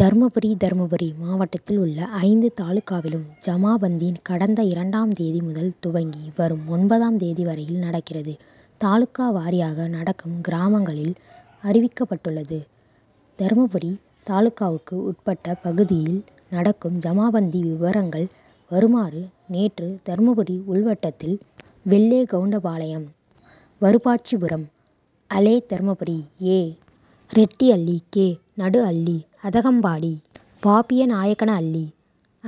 தர்மபுரி தர்மபுரி மாவட்டத்தில் உள்ள ஐந்து தாலுகாவிலும் ஜமாபந்தி கடந்த இரண்டாம் தேதி முதல் துவங்கி வரும் ஒன்பதாம் தேதி வரையில் நடக்கிறது. தாலுகா வாரியாக நடக்கும் கிராமங்கள் அறிவிக்கப்பட்டுள்ளது. தர்மபுரி தாலுகாவுக்கு உட்பட்ட பகுதியில் நடக்கும் ஜமாபந்தி விபரங்கள் வருமாறு நேற்று தர்மபுரி உள்வட்டத்தில் வெள்ளேகவுண்டன்பாளையம், வருப்பாட்சிபுரம், அளே தர்மபுரி, ஏ. ரெட்டிஅள்ளி, கே. நடுஅள்ளி, அதகப்பாடி, பாப்பிநாயக்கனஅள்ளி,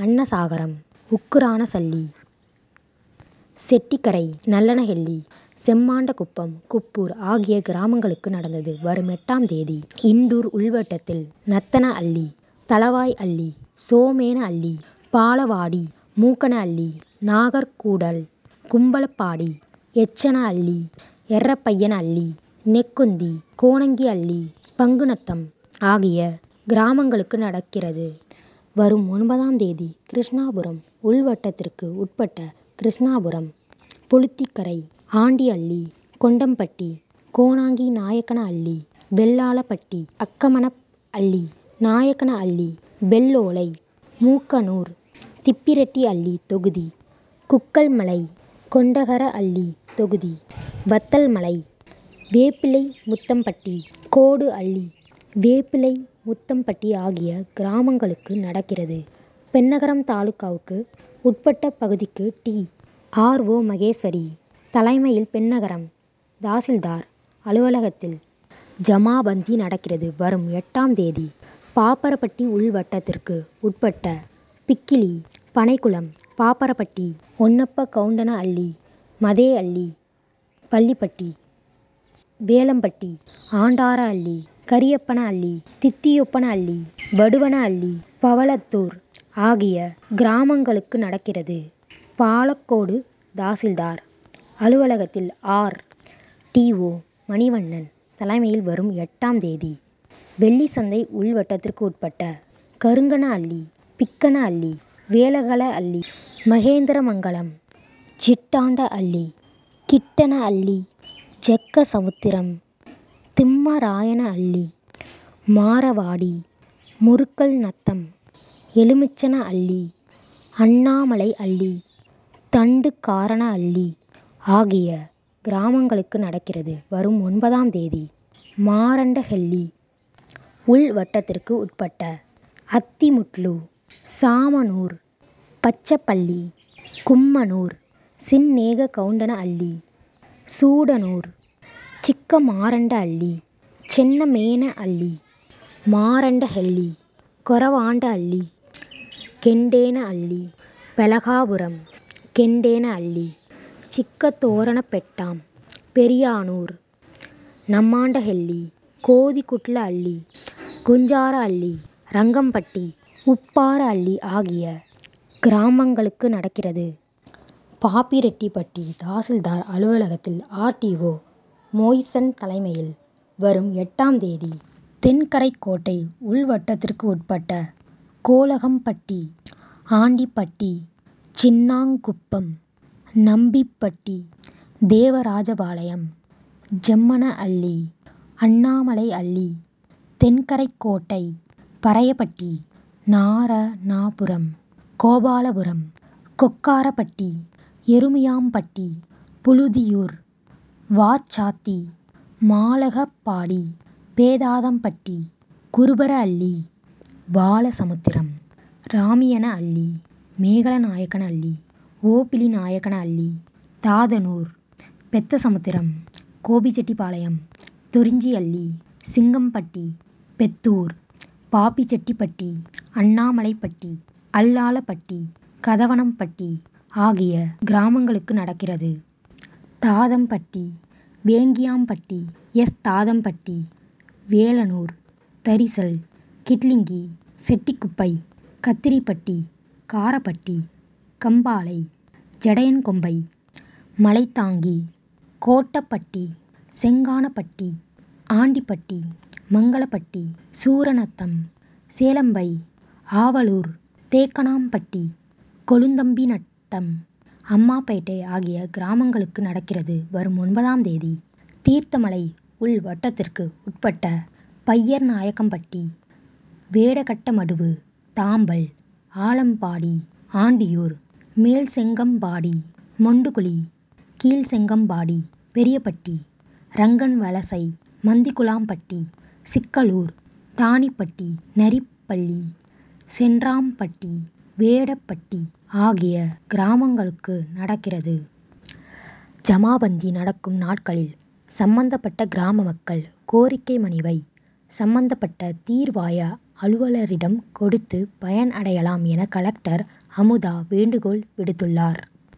அன்னசாகரம், உங்குரானஷள்ளி, முக்கல்நாயக்கனஅள்ளி, நூலஹள்ளி, ரெட்டிஹள்ளி, செட்டிக்கரை நல்லனஹள்ளி, செம்மாண்டகுப்பம், குப்பூர் ஆகிய கிராமங்களுக்கு நடந்தது. வரும் எட்டாம் தேதி இண்டூர் உள்வட்டத்தில் நத்தனஅள்ளி, தளவாய் அள்ளி, சோமேனஅள்ளி, பாலவாடி, மூக்கனஅள்ளி, நாகர்கூடல், கும்பளப்பாடி, எச்சனஅள்ளி, எர்ரபையனஅள்ளி, நெக்குந்தி, கோணங்கிஅள்ளி, பங்குநத்தம் ஆகிய கிராமங்களுக்கு நடக்கிறது. வரும் ஒன்பதாம் தேதி கிருஷ்ணாபுரம் உள்வட்டத்துக்கு உட்பட்ட கிருஷ்ணாபுரம், புளுதிக்கரை, ஆண்டிஅள்ளி, கொண்டம்பட்டி, கோணங்கிநாயக்கனஅள்ளி, வெள்ளாளப்பட்டி, அக்கமன அள்ளி, நாயக்கனஅள்ளி, வெள்ளோலை, மூக்கனூர், திப்பிரெட்டிஅள்ளி தொகுதி, குக்கல் மலை, கொண்டகரஅள்ளி தொகுதி, வத்தல்மலை, வேப்பிலைமுத்தம்பட்டி, கோடுஅள்ளி, வேப்பிலைமுத்தம்பட்டி ஆகிய கிராமங்களுக்கு நடக்கிறது. பென்னாகரம் தாலுகாவுக்கு உட்பட்ட பகுதிக்கு டி. ஆர். ஓ., மகேஸ்வரி தலைமையில் பென்னாகரம் தாசில்தார் அலுவலகத்தில் ஜமாபந்தி நடக்கிறது. வரும் எட்டாம் தேதி பாப்பாரப்பட்டி உள் வட்டத்துக்கு உட்பட்ட பிக்கிலி, பனைகுளம், பாப்பாரப்பட்டி, ஒன்னப்பகவுண்டனஅள்ளி, மதேஅள்ளி, பள்ளிப்பட்டி, வேலம்பட்டி, ஆண்டாரஅள்ளி, கரியப்பனஅள்ளி, தித்தியோப்பனஅள்ளி, வட்டுவனஅள்ளி, பவளத்தூர் ஆகிய கிராமங்களுக்கு நடக்கிறது. பாலக்கோடு தாசில்தார் அலுவலகத்தில் ஆர். டி. ஓ., மணிவண்ணன் தலைமையில் வரும் எட்டாம் தேதி வெள்ளிசந்தை உள்வட்டத்துக்கு உட்பட்ட கருக்கனஅள்ளி, பிக்கனஅள்ளி, வெலகலஅள்ளி, மகேந்திரமங்கலம், ஜிட்டாண்டஅள்ளி, கிட்டனஅள்ளி, ஜக்கசமுத்திரம், திம்மராயனஅள்ளி, மாரவாடி, முருக்கல்நத்தம், எலுமிச்சனஅள்ளி, அண்ணாமலை அள்ளி, தண்டுகாரனஅள்ளி, ஆகிய கிராமங்களுக்கு நடக்கிறது. வரும் ஒன்பதாம் தேதி மாரண்டஹள்ளி உள் வட்டத்துக்கு உட்பட்ட அத்திமுட்லு, சாமனூர், பஞ்சப்பள்ளி, கும்மனூர், சின்னேகவுண்டனஅள்ளி, சூடனூர், சிக்கமாரண்டஅள்ளி, சென்னமேனஅள்ளி, மாரண்டஹள்ளி, கொரவாண்டஅள்ளி, கெண்டேனஅள்ளி, பெலகாபுரம், கெண்டேனஅள்ளி, சிக்கதோரணப்பெட்டாம், பெரியானூர், நம்மாண்டஹள்ளி, கோதிகுட்லஅள்ளி, குஜ்ஜாரஅள்ளி, ரங்கம்பட்டி உப்பாரஅள்ளி ஆகிய கிராமங்களுக்கு நடக்கிறது. பாப்பிரெட்டிப்பட்டி தாசில்தார் அலுவலகத்தில் ஆர். டி. ஓ., மோயிசன் தலைமையில் வரும் எட்டாம் தேதி தென்கரைக்கோட்டை உள்வட்டத்துக்கு உட்பட்ட கொளகம்பட்டி, ஆண்டிப்பட்டி, சின்னாங்குப்பம், நம்பிப்பட்டி, தேவராஜபாளையம், ஜம்மனஅள்ளி, அண்ணாமலைஅள்ளி, தென்கரைக்கோட்டை, பறையப்பட்டி, நாரணாபுரம், கோபாலபுரம், கொக்காரப்பட்டி, எருமியாம்பட்டி, புழுதியூர், வாச்சாத்தி, மாலகப்பாடி, பேதாதம்பட்டி, குருபரஅள்ளி, தின்ன அள்ளி, பாலசமுத்திரம், ராமியனஅள்ளி, மேகலநாயக்கன்அள்ளி, ஓபிளிநாயக்கன அள்ளி, தாதனூர், பெத்தசமுத்திரம், கோபிசெட்டிப்பாளையம், துரிஞ்சிஅள்ளி, சிக்கம்பட்டி, பெத்தூர், பாப்பிசெட்டிப்பட்டி, அண்ணாமலைப்பட்டி, அல்லாலப்பட்டி, கதவனம்பட்டி ஆகிய கிராமங்களுக்கு நடக்கிறது. தாதம்பட்டி, வேங்கியாம்பட்டி, எஸ். தாதம்பட்டி, வேலனூர், தரிசல், கிட்லிங்கி, செட்டிக்குட்டை, கத்திரிப்பட்டி, காரப்பாடி, கம்பாலை, ஜடையன்கோம்பை, மலைதாங்கி, கோட்டப்பட்டி, செங்காணடிப்பட்டி, ஆண்டிப்பட்டி, மங்கலப்பட்டி, சூரநத்தம், செலம்பை, ஆவலூர், தேக்கனாம்பட்டி, கொளுந்தம்பி நத்தம், அம்மாபேட்டை ஆகிய கிராமங்களுக்கு நடக்கிறது. வரும் ஒன்பதாம் தேதி தீர்த்தமலை உள் வட்டத்துக்கு உட்பட்ட பையர்நாயக்கம்பட்டி, வேடகட்ட மடுவு, தாம்பல், ஆலப்பாடி, ஆண்டியூர், மேல்செங்கம்பாடி, மொண்டுகுழி, கீழ்செங்கம்பாடி, பெரியப்பட்டி, ரங்கன் வலசை, மந்திகுளாம்பட்டி, சிக்கலூர், தானிப்பாடி, நரிப்பள்ளி, சென்றாம்பட்டி, வேடப்பட்டி ஆகிய கிராமங்களுக்கு நடக்கிறது. ஜமாபந்தி நடக்கும் நாட்களில் சம்பந்தப்பட்ட கிராம மக்கள் கோரிக்கை மனுவை சம்பந்தப்பட்ட தீர்வாய அலுவலரிடம் கொடுத்து பயன் அடையலாம் என கலெக்டர் அமுதா வேண்டுகோள் விடுத்துள்ளார்.